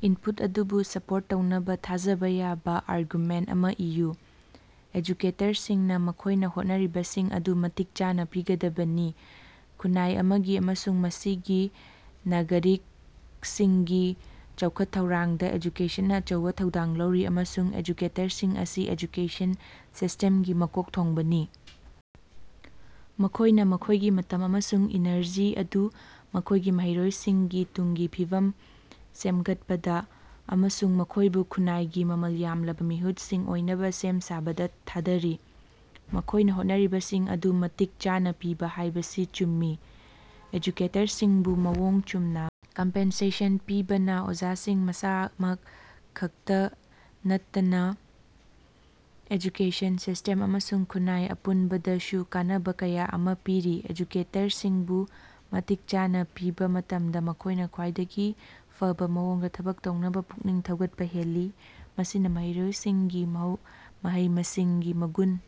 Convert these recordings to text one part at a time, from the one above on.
Input ꯑꯗꯨꯕꯨ support ꯇꯧꯅꯕ ꯊꯥꯖꯕ ꯌꯥꯕ ꯑꯥꯔꯒꯨꯃꯦꯟꯇ ꯑꯃ ꯏꯌꯨ꯫ ꯑꯦꯖꯨꯀꯦꯇꯔꯁꯤꯡꯅ ꯃꯈꯣꯏꯅ ꯍꯣꯠꯅꯔꯤꯕꯁꯤꯡ ꯑꯗꯨ ꯃꯇꯤꯛ ꯆꯥꯅ ꯄꯤꯒꯗꯕꯅꯤ꯫ ꯈꯨꯟꯅꯥꯏ ꯑꯃꯒꯤ ꯑꯃꯁꯨꯡ ꯃꯁꯤꯒꯤ ꯅꯥꯒꯔꯤꯛꯁꯤꯡꯒꯤ ꯆꯥꯎꯈꯠ-ꯊꯧꯔꯥꯡꯗ ꯑꯦꯖꯨꯀꯦꯁꯟꯅ ꯑꯆꯧꯕ ꯊꯧꯗꯥꯡ ꯂꯧꯔꯤ, ꯑꯃꯁꯨꯡ ꯑꯦꯖꯨꯀꯦꯇꯔꯁꯤꯡ ꯑꯁꯤ ꯑꯦꯖꯨꯀꯦꯁꯟ ꯁꯤꯁꯇꯦꯝꯒꯤ ꯃꯀꯣꯛ ꯊꯣꯡꯕꯅꯤ꯫ ꯃꯈꯣꯏꯅ ꯃꯈꯣꯏꯒꯤ ꯃꯇꯝ ꯑꯃꯁꯨꯡ ꯏꯅꯔꯖꯤ ꯑꯗꯨ ꯃꯈꯣꯏꯒꯤ ꯃꯍꯩꯔꯣꯏꯁꯤꯡꯒꯤ ꯇꯨꯡꯒꯤ ꯐꯤꯕꯝ ꯁꯦꯝꯒꯠꯄꯗ ꯑꯃꯁꯨꯡ ꯃꯈꯣꯏꯕꯨ ꯈꯨꯟꯅꯥꯏꯒꯤ ꯃꯃꯜ ꯌꯥꯝꯂꯕ ꯃꯤꯍꯨꯠꯁꯤꯡ ꯑꯣꯏꯅꯕ ꯁꯦꯝ ꯁꯥꯕꯗ ꯊꯥꯗꯔꯤ꯫ ꯃꯈꯣꯏꯅ ꯍꯣꯠꯅꯔꯤꯕꯁꯤꯡ ꯑꯗꯨ ꯃꯇꯤꯛ ꯆꯥꯅ ꯄꯤꯕ ꯍꯥꯏꯕꯁꯤ ꯆꯨꯝꯃꯤ ꯫ ꯑꯦꯖꯨꯀꯦꯇꯔꯁꯤꯡꯕꯨ ꯃꯑꯣꯡ ꯆꯨꯝꯅ ꯀꯝꯄꯦꯟꯁꯦꯁꯟ ꯄꯤꯕꯅ ꯑꯣꯖꯥꯁꯤꯡ ꯃꯁꯥꯃꯛ ꯈꯛꯇꯥ ꯅꯠꯇꯅ ꯑꯦꯖꯨꯀꯦꯁꯟ ꯁꯤꯁꯇꯦꯝ ꯑꯃꯁꯨꯡ ꯈꯨꯟꯅꯥꯏ ꯑꯄꯨꯟꯕꯗꯁꯨ ꯀꯥꯟꯅꯕ ꯀꯌꯥ ꯑꯃ ꯄꯤꯔꯤ꯫ ꯑꯦꯖꯨꯀꯦꯇꯔꯁꯤꯡꯕꯨ ꯃꯇꯤꯛ ꯆꯥꯅ ꯄꯤꯕ ꯃꯇꯝꯗ ꯃꯈꯣꯏꯅ ꯈ꯭ꯋꯥꯏꯗꯒꯤ ꯐꯕꯥ ꯃꯑꯣꯡꯗ ꯊꯕꯛ ꯇꯧꯅꯕ ꯄꯨꯛꯅꯤꯡ ꯊꯧꯒꯠꯄ ꯍꯦꯜꯂꯤ꯫ ꯃꯁꯤꯅ ꯃꯍꯩꯔꯣꯏꯁꯤꯡꯒꯤꯡ ꯃꯍꯧ ꯃꯍꯩ-ꯃꯁꯤꯡꯒꯤ ꯃꯒꯨꯟ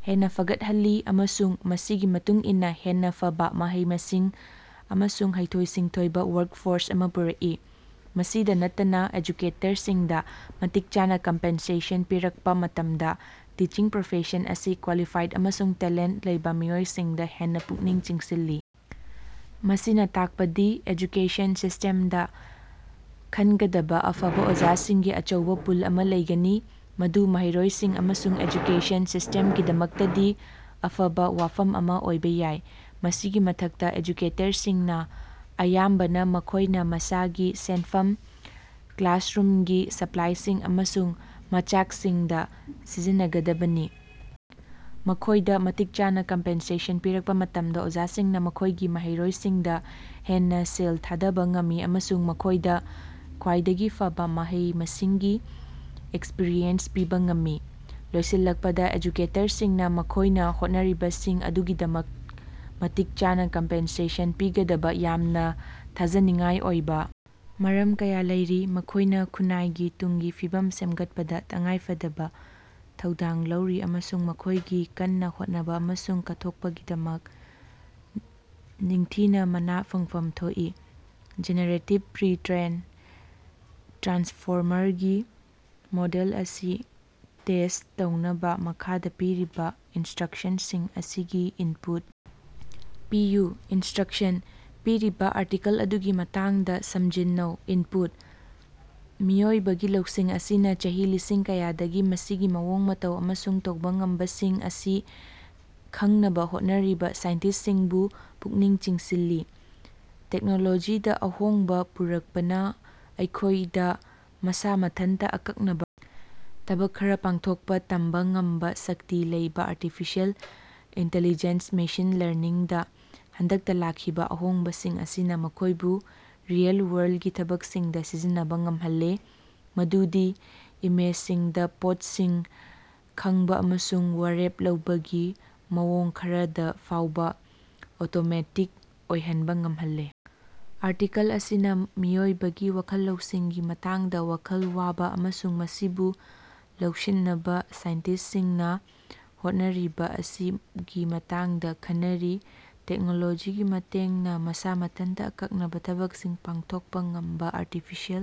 ꯍꯦꯟꯅ ꯐꯒꯠꯍꯜꯂꯤ, ꯑꯃꯁꯨꯡ ꯃꯁꯤꯒꯤ ꯃꯇꯨꯡ ꯏꯟꯅ ꯍꯦꯟꯅ ꯐꯕꯥ ꯃꯍꯩ-ꯃꯁꯤꯡ ꯑꯃꯁꯨꯡ ꯍꯩꯊꯣꯏ-ꯁꯤꯡꯊꯣꯏꯕ ꯋꯥꯔꯛꯐꯣꯔꯁ ꯑꯃ ꯄꯨꯔꯛꯏ꯫ ꯃꯁꯤꯗ ꯅꯠꯇꯅ ꯑꯦꯖꯨꯀꯦꯇꯔꯁꯤꯡꯗ ꯃꯇꯤꯛ ꯆꯥꯅ ꯀꯝꯄꯦꯟꯁꯦꯁꯟ ꯄꯤꯔꯛꯄ ꯃꯇꯝꯗ ꯇꯤꯆꯤꯡ ꯄ꯭ꯔꯣꯐꯦꯁꯟ ꯑꯁꯤ ꯀ꯭ꯋꯥꯂꯤꯐꯥꯏꯗ ꯑꯃꯁꯨꯡ ꯇꯦꯂꯦꯟꯇꯥ ꯂꯩꯕ ꯃꯤꯑꯣꯏꯁꯤꯡꯗ ꯍꯦꯟꯅ ꯄꯨꯛꯅꯤꯡ ꯆꯤꯡꯁꯤꯜꯂꯤ꯫ ꯃꯁꯤꯅ ꯇꯥꯛꯄꯗꯤ ꯑꯦꯖꯨꯀꯦꯁꯟ ꯁꯤꯁꯇꯦꯝꯗꯥ ꯈꯟꯒꯗꯕ ꯑꯐꯕꯥ ꯑꯣꯖꯥꯁꯤꯡꯒꯤ ꯑꯆꯧꯕ ꯄꯨꯜ ꯑꯃ ꯂꯩꯒꯅꯤ, ꯃꯗꯨ ꯃꯍꯩꯔꯣꯏꯁꯤꯡ ꯑꯃꯁꯨꯡ ꯑꯦꯖꯨꯀꯦꯁꯟ ꯁꯤꯁꯇꯦꯝꯒꯤꯗꯃꯛꯇꯗꯤ ꯑꯐꯕꯥ ꯋꯥꯐꯝ ꯑꯃ ꯑꯣꯏꯕ ꯌꯥꯏ꯫ ꯃꯁꯤꯒꯤ ꯃꯊꯛꯇ, ꯑꯦꯖꯨꯀꯦꯇꯔꯁꯤꯡꯅ ꯑꯌꯥꯝꯕꯅ ꯃꯈꯣꯏ ꯃꯁꯥꯒꯤ ꯁꯦꯟꯐꯝ ꯀ꯭ꯂꯥꯁꯔꯨꯝꯒꯤ ꯁꯞꯄ꯭ꯂꯥꯏꯁꯤꯡ ꯑꯃꯁꯨꯡ ꯃꯆꯥꯛꯁꯤꯡꯗ ꯁꯤꯖꯤꯟꯉꯗꯕꯅꯤ꯫ ꯃꯈꯣꯏꯗ ꯃꯇꯤꯛ ꯆꯥꯅ ꯀꯝꯄꯦꯟꯁꯦꯁꯟ ꯄꯤꯔꯛꯄ ꯃꯇꯝꯗ ꯑꯣꯖꯥꯁꯤꯡꯅ ꯃꯈꯣꯏꯒꯤ ꯃꯍꯩꯔꯣꯏꯁꯤꯡꯗ ꯍꯦꯟꯅ ꯁꯦꯜ ꯊꯥꯗꯕ ꯉꯝꯃꯤ ꯑꯃꯁꯨꯡ ꯃꯈꯣꯏꯗ ꯈ꯭ꯋꯥꯏꯗꯒꯤ ꯐꯕꯥ ꯃꯍꯩ-ꯃꯁꯤꯡꯒꯤ ꯑꯦꯛꯁꯄꯤꯔꯤꯌꯦꯟꯁ ꯄꯤꯕ ꯉꯝꯃꯤ꯫ ꯂꯣꯏꯁꯤꯜꯂꯛꯄꯗ, ꯑꯦꯖꯨꯀꯦꯇꯔꯁꯤꯡꯅ ꯃꯈꯣꯏꯅ ꯍꯣꯠꯅꯔꯤꯕꯁꯤꯡ ꯑꯗꯨꯒꯤꯗꯃꯛ ꯃꯇꯤꯛ ꯆꯥꯅ ꯀꯝꯄꯦꯟꯁꯦꯁꯟ ꯄꯤꯒꯗꯕ ꯌꯥꯝꯅ ꯊꯥꯖꯅꯤꯡꯉꯥꯏ ꯑꯣꯏꯕ ꯃꯔꯝ ꯀꯌꯥ ꯂꯩꯔꯤ꯫ ꯃꯈꯣꯏꯅ ꯈꯨꯟꯅꯥꯏꯒꯤ ꯇꯨꯡꯒꯤ ꯐꯤꯕꯝ ꯁꯦꯝꯒꯠꯄꯗ ꯇꯉꯥꯏꯐꯗꯕ ꯊꯧꯗꯥꯡ ꯂꯧꯔꯤ ꯑꯃꯁꯨꯡ ꯃꯈꯣꯏꯒꯤ ꯀꯟꯅꯥ ꯍꯣꯠꯅꯕ ꯑꯃꯁꯨꯡ ꯀꯠꯊꯣꯛꯄꯒꯤꯗꯃꯛ ꯅꯤꯡꯊꯤꯅ ꯃꯥꯅ ꯐꯪꯐꯝ ꯊꯣꯛꯏ꯫ ꯖꯦꯅꯦꯔꯦꯇꯤꯚ ꯄ꯭ꯔꯤ-ꯇ꯭ꯔꯦꯟ ꯇ꯭ꯔꯥꯟꯁꯐꯣꯃꯔꯒꯤ ꯃꯣꯗꯦꯜ ꯑꯁꯤ ꯇꯦꯁ ꯇꯧꯅꯕ ꯃꯈꯥꯗ ꯄꯤꯔꯤꯕ ꯏꯟꯁꯇ꯭ꯔꯛꯁꯟꯁꯤꯡ ꯑꯁꯤꯒꯤ ꯏꯟꯄꯨꯠ ꯄꯤꯌꯨ꯫ ꯏꯟꯁꯇ꯭ꯔꯛꯁꯟ: ꯄꯤꯔꯤꯕ ꯑꯥꯔꯇꯤꯀꯜ ꯑꯗꯨꯒꯤ ꯃꯇꯥꯡꯗ ꯁꯝꯖꯤꯟꯅꯧ꯫ ꯏꯟꯄꯨꯠ: ꯃꯤꯑꯣꯏꯕꯒꯤ ꯂꯧꯁꯤꯡ ꯑꯁꯤꯅ ꯆꯍꯤ ꯂꯤꯁꯤꯡ ꯀꯌꯥꯗꯒꯤ ꯃꯁꯤꯒꯤ ꯃꯑꯣꯡ ꯃꯇꯧ ꯑꯃꯁꯨꯡ ꯇꯧꯕ ꯉꯝꯕꯁꯤꯡ ꯑꯁꯤ ꯈꯪꯅꯕ ꯍꯣꯠꯅꯔꯤꯕ ꯁꯥꯏꯟꯇꯤꯁꯠꯁꯤꯡꯕꯨ ꯄꯨꯛꯅꯤꯡ ꯆꯤꯡꯁꯤꯜꯂꯤ꯫ ꯇꯦꯛꯅꯣꯂꯣꯖꯤꯗ ꯑꯍꯣꯡꯕ ꯄꯨꯔꯛꯄꯅ ꯑꯩꯈꯣꯏꯗ ꯃꯁꯥ ꯃꯊꯟꯇ ꯑꯀꯛꯅꯕ ꯊꯕꯛ ꯈꯔ ꯄꯥꯡꯊꯣꯛꯄ ꯇꯝꯕ ꯉꯝꯕ ꯁꯛꯇꯤ ꯂꯩꯕ ꯑꯥꯔꯇꯤꯐꯤꯁꯤꯌꯦꯜ ꯏꯟꯇꯤꯂꯤꯖꯦꯟꯁ ꯃꯦꯁꯤꯟ ꯂꯔꯅꯤꯡꯗ ꯍꯟꯗꯛꯇ ꯂꯥꯛꯈꯤꯕ ꯑꯍꯣꯡꯕꯁꯤꯡ ꯑꯁꯤꯅ ꯃꯈꯣꯏꯕꯨ ꯔꯤꯑꯦꯜ-ꯋꯥꯔꯜꯗꯒꯤ ꯊꯕꯛꯁꯤꯡꯗ ꯁꯤꯖꯤꯟꯅꯕ ꯉꯃꯍꯜꯂꯦ, ꯃꯗꯨꯗꯤ ꯏꯃꯦꯖꯁꯤꯡꯗ ꯄꯣꯠꯁꯤꯡ ꯈꯪꯕ ꯑꯃꯁꯨꯡ ꯋꯥꯔꯦꯞ ꯂꯧꯕꯒꯤ ꯃꯑꯣꯡ ꯈꯔꯗ ꯐꯥꯎꯕ ꯑꯣꯇꯣꯃꯦꯇꯤꯛ ꯑꯣꯏꯍꯟꯕ ꯉꯝꯍꯜꯂꯦ꯫ ꯑꯥꯔꯇꯤꯀꯜ ꯑꯁꯤꯅ ꯃꯤꯑꯣꯏꯕꯒꯤ ꯋꯈꯜ ꯂꯧꯁꯤꯡꯒꯤ ꯃꯇꯥꯡꯗ ꯋꯈꯜ ꯋꯥꯕ ꯑꯃꯁꯨꯡ ꯃꯁꯤꯕꯨ ꯂꯧꯁꯤꯟꯅꯕ ꯁꯥꯏꯟꯇꯤꯁꯠꯁꯤꯡꯅ ꯍꯣꯠꯅꯔꯤꯕ ꯑꯁꯤꯒꯤ ꯃꯇꯥꯡꯗ ꯈꯟꯅꯔꯤ꯫ ꯇꯦꯛꯅꯣꯂꯣꯖꯤꯒꯤ ꯃꯇꯦꯡꯅ ꯃꯁꯥ ꯃꯊꯟꯇ ꯑꯀꯛꯅꯕ ꯊꯕꯛꯁꯤꯡ ꯄꯥꯡꯊꯣꯀꯄꯥ ꯉꯝꯕꯥ ꯑꯥꯔꯇꯤꯐꯤꯁꯤꯌꯦꯜ꯫